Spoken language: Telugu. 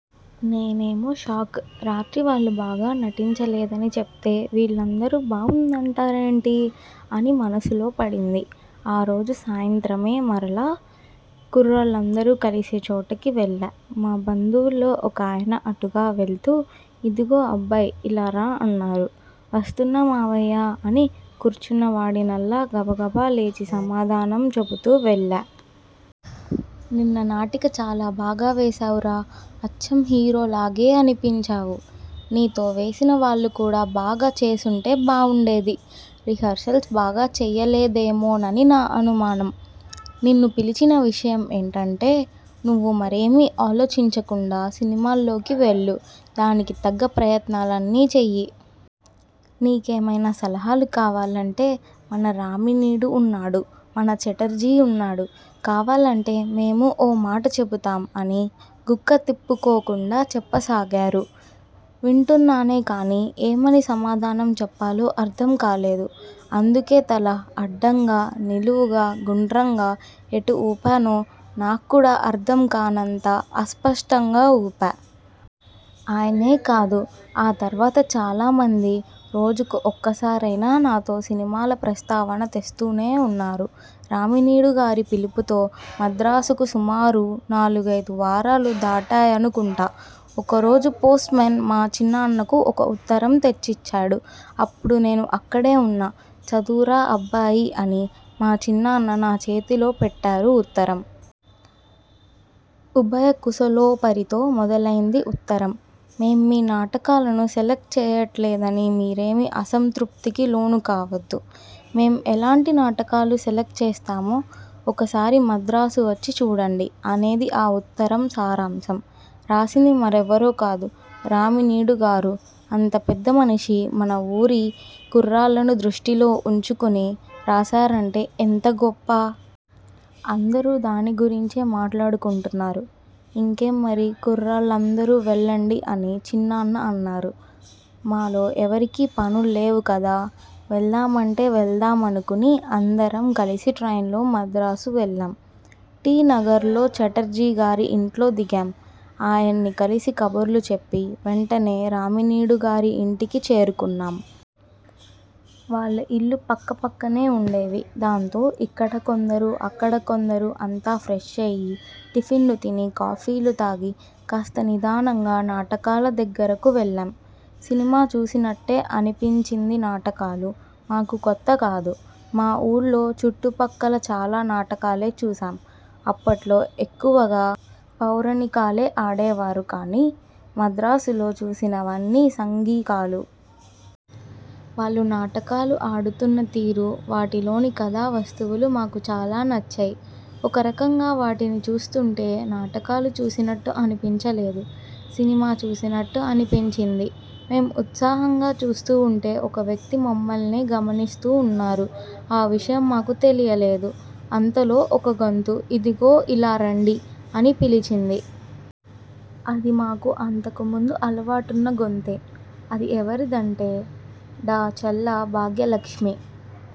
నేనేమో షాక్. రాత్రి వాళ్లు బాగా నటించలేదని చెప్తే, వీళ్లందరూ బావుంది అంటారేంటి? అని మనసులో పడింది. ఆ రోజు సాయంత్రమే మరలా కుర్రాళ్లందరూ కలిసే చోటికి వెళ్లా. మా బంధువుల్లో ఒకాయన అటుగా వెళ్తూ 'ఇదిగో అబ్బాయ్.. ఇలా రా' అన్నారు. 'వస్తున్నా మావయ్యా' అని కూర్చున్నవాడినల్లా గబగబా లేచి సమాధానం చెప్తూ వెళ్లా. 'నిన్న నాటిక చాలా బాగా వేశావురా. అచ్చం హీరోలాగే అనిపించావు. నీతో వేసినవాళ్ళు కూడా బాగా చేసి ఉంటే బావుండేది. రిహార్సల్స్ బాగా చేయలేదేమోనని నా అనుమానం. నిన్ను పిలిచిన విషయం ఏంటంటే, నువ్వు మరేమీ ఆలోచించకుండా సినిమాల్లోకి వెళ్లు. దానికి తగ్గ ప్రయత్నాలన్నీ చెయ్యి. నీకైమైనా సలహాలు కావాలంటే మన రామినీడు ఉన్నాడు, మన ఛటర్జీ ఉన్నాడు.. కావాలంటే మేమూ ఓ మాట చెబుతాం' అని గుక్కతిప్పుకోకుండా చెప్పసాగారు. వింటున్నానే కానీ, ఏమని సమాధానం చెప్పాలో అర్థం కాలేదు. అందుకే తల అడ్డంగా, నిలువుగా, గుండ్రంగా.. ఎటు ఊపానో నాక్కూడా అర్థంకానంత అస్పష్టంగా ఊపా. ఆయనే కాదు.. ఆ తర్వాత చాలామంది రోజుకు ఒక్కసారైనా నాతో సినిమాల ప్రస్తావన తెస్తూనే ఉన్నారు. రామినీడుగారి పిలుపుతో మద్రాసుకి.. సుమారు నాలుగైదు వారాలు దాటాయనుకుంటా. ఒకరోజు పోస్టుమేన్ మా చిన్నాన్నకు ఒక ఉత్తరం తెచ్చిచ్చాడు. అప్పుడు నేను అక్కడే ఉన్నా. 'చదువురా అబ్బాయి' అని మా చిన్నాన్న నా చేతిలో పెట్టారు ఉత్తరం. ఉభయకుశలోపరితో మొదలైంది ఉత్తరం. 'మేం మీ నాటకాలను సెలక్ట్ చేయట్లేదని మీరేమీ అసంతృప్తికి లోనుకావద్దు. మేం ఎలాంటి నాటకాలు సెలక్ట్ చేస్తామో ఒకసారి మద్రాసువచ్చి చూడండి' అనేది ఆ ఉత్తరం సారాంశం. రాసింది మరెవరో కాదు.. రామినీడుగారు. అంత పెద్దమనిషి మన ఊరి కుర్రాళ్లను దృష్టిలో ఉంచుకుని రాశారంటే ఎంతగొప్ప. అందరూ దాని గురించే మాట్లాడుకుంటున్నారు. 'ఇంకేం మరి.. కుర్రాళ్లందరూ వెళ్లండి' అని చిన్నాన్న అన్నారు. మాలో ఎవరికీ పనులు లేవు కదా.. వెళ్దామంటే వెళ్దామనుకుని అందరం కలిసి ట్రైన్లో మద్రాసు వెళ్లాం. టీనగర్లో ఛటర్జీగారి ఇంట్లోదిగాం. ఆయన్ని కలిసి కబుర్లు చెప్పి, వెంటనే రామినీడుగారి ఇంటికి చేరుకున్నాం. వాళ్ల ఇళ్లు పక్కపక్కనే ఉండేవి. దాంతో ఇక్కడ కొందరు, అక్కడ కొందరూ అంతా ఫ్రెష్ అయి టిఫిన్లుతిని, కాఫీలు తాగి, కాస్త నిదానంగా నాటకాల దగ్గరకు వెళ్లాం. సినిమా చూసినట్టే అనిపించిందినాటకాలు మాకు కొత్తకాదు. మా ఊళ్లో, చుట్టుపక్కలా చాలా నాటకాలే చూశాం. అప్పట్లో ఎక్కువగా పౌరాణికాలే ఆడేవారు కానీ మద్రాసులో చూసినవన్నీ సాంఘికాలు. వాళ్లు నాటకాలు ఆడుతున్న తీరు, వాటిలోని కథావస్తువులు మాకు చాలా నచ్చాయి. ఒక రకంగా వాటిని చూస్తుంటే నాటకాలు చూసినట్టు అనిపించలేదు. సినిమా చూసినట్టు అనిపించింది. మేం ఉత్సాహంగా చూస్తూ ఉంటే ఒక వ్యక్తి మమ్మల్నే గమనిస్తూ ఉన్నారు. ఆవిషయం మాకు తెలియలేదు. అంతలో ఒక గొంతు 'ఇదిగో ఇలా రండి' అని పిలిచింది. అది మాకు అంతకు ముందు అలవాటున్న గొంతే. అది ఎవరిదంటే- డా. చల్లా భాగ్యలక్ష్మి।